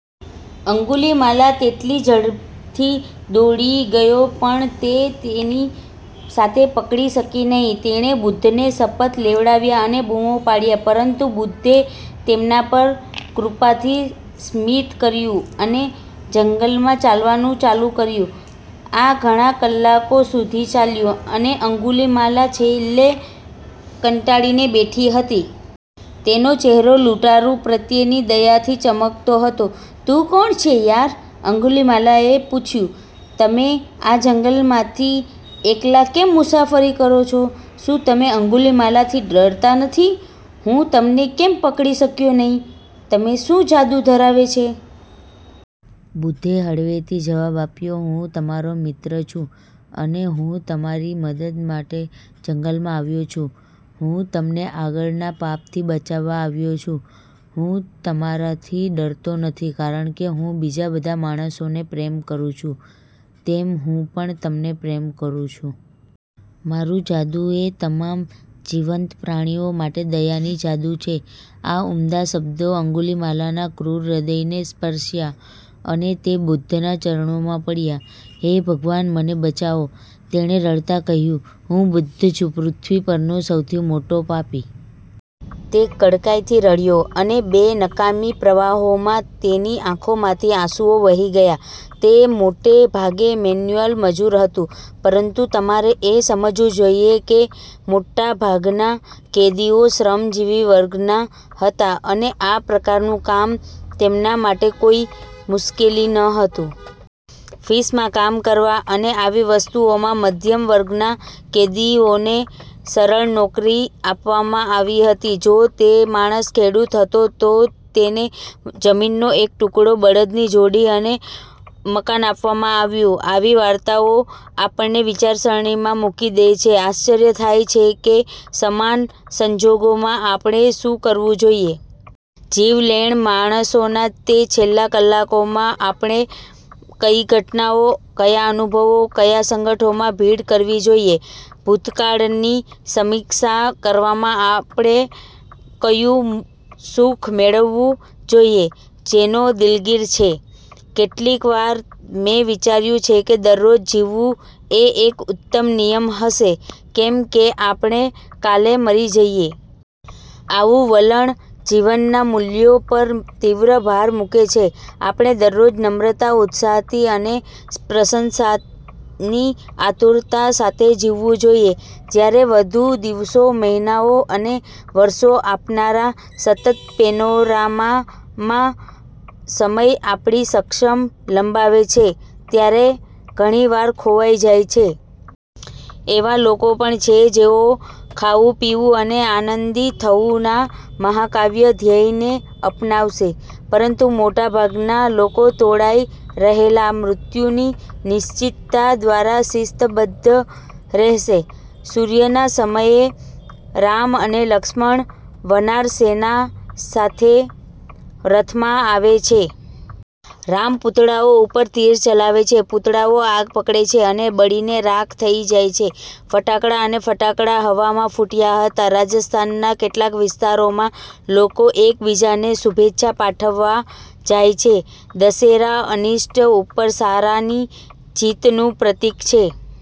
અંગુલિમાલા તેટલી ઝડપથી દોડી ગયો પણ તે તેની સાથે પકડી શકી નહીં. તેણે બુદ્ધને શપથ લેવડાવ્યા અને બુમો પાડ્યા, પરંતુ બુદ્ધે તેમના પર કૃપાથી સ્મિત કર્યું અને જંગલમાં ચાલવાનું ચાલુ રાખ્યું. આ ઘણા કલાકો સુધી ચાલ્યું અને અંગુલીમાલા છેલ્લે કંટાળીને બેઠી હતી. તેનો ચહેરો લૂંટારુ પ્રત્યેની દયાથી ચમકતો હતો. તું કોણ છે યાર? અંગુલિમાલાને પૂછ્યું. તમે આ જંગલમાંથી એકલા કેમ મુસાફરી કરો છો? શું તમે અંગુલિમાલાથી ડરતા નથી? હું તમને કેમ પકડી શક્યો નહીં? તમે શું જાદુ ધરાવે છે? બુદ્ધે હળવેથી જવાબ આપ્યો, હું તમારો મિત્ર છું અને હું તમારી મદદ માટે જંગલમાં આવ્યો છું. હું તમને આગળના પાપથી બચાવવા આવ્યો છું. હું તમારાથી ડરતો નથી કારણ કે હું બીજા બધા માણસોને પ્રેમ કરું છું તેમ હું પણ તમને પ્રેમ કરું છું. મારું જાદુ એ તમામ જીવંત પ્રાણીઓ માટે દયાની જાદુ છે. આ ઉમદા શબ્દો અંગુલિમાલાના ક્રૂર હૃદયને સ્પર્શ્યા અને તે બુદ્ધના ચરણોમાં પડ્યા. હે ભગવાન મને બચાવો! તેણે રડતાં કહ્યું, હું બુદ્ધ છું પૃથ્વી પરનો સૌથી મોટો પાપી. તે કડકાઈથી રડ્યો અને બે નકામી પ્રવાહોમાં તેની આંખોમાંથી આંસુઓ વહી ગયા. તે મોટે ભાગે મેન્યુઅલ મજૂર હતું, પરંતુ તમારે એ સમજવું જોઇએ કે મોટાભાગના કેદીઓ શ્રમજીવી વર્ગના હતા, અને આ પ્રકારનું કામ તેમના માટે કોઈ મુશ્કેલી ન હતું. -ફિસમાં કામ કરવા અને આવી વસ્તુઓમાં મધ્યમ વર્ગના કેદીઓને સરળ નોકરી આપવામાં આવી હતી. જો તે માણસ ખેડૂત હતો, તો તેને જમીનનો એક ટુકડો, બળદની જોડી અને મકાન આપવામાં આવ્યું. આવી વાર્તાઓ આપણને વિચારસરણીમાં મૂકી દે છે, આશ્ચર્ય થાય છે કે સમાન સંજોગોમાં આપણે શું કરવું જોઈએ. જીવલેણ માણસોના તે છેલ્લા કલાકોમાં આપણે કઈ ઘટનાઓ, કયા અનુભવો, કયા સંગઠનોમાં ભીડ કરવી જોઈએ? ભૂતકાળની સમીક્ષા કરવામાં આપણે કયું સુખ મેળવવું જોઈએ, જેનો દિલગીરી છે? કેટલીકવાર મેં વિચાર્યું છે કે દરરોજ જીવવું એ એક ઉત્તમ નિયમ હશે જેમ કે આપણે કાલે મરી જઈએ. આવું વલણ જીવનના મૂલ્યો પર તીવ્ર ભાર મૂકે છે. આપણે દરરોજ નમ્રતા, ઉત્સાહથી અને પ્રશંસાની આતુરતા સાથે જીવવું જોઈએ, જ્યારે વધુ દિવસો, મહિનાઓ અને વર્ષો આવનારા સતત પેનોરામામાં સમય આપણી સમક્ષ લંબાવે છે ત્યારે ઘણી વાર ખોવાઈ જાય છે. એવા લોકો પણ છે, જેઓ ખાવું, પીવું અને આનંદી થવુંના મહાકાવ્ય ધ્યેયને અપનાવશે, પરંતુ મોટાભાગના લોકો તોળાઈ રહેલા મૃત્યુની નિશ્ચિતતા દ્વારા શિસ્તબદ્ધ રહેશે. સૂર્યના સમયે રામ અને લક્ષ્મણ વનાર સેના સાથે રથમાં આવે છે. રામ પુતળાઓ ઉપર તીર ચલાવે છે. પુતળાઓ આગ પકડે છે અને બળીને રાખ થઈ જાય છે. ફટાકડા અને ફટાકડા હવામાં ફૂટ્યા હતા. રાજસ્થાનના કેટલાક વિસ્તારોમાં લોકો એક બીજાને શુભેચ્છા પાઠવવા જાય છે. દશેરા અનિષ્ટ ઉપર સારાની જીતનું પ્રતીક છે.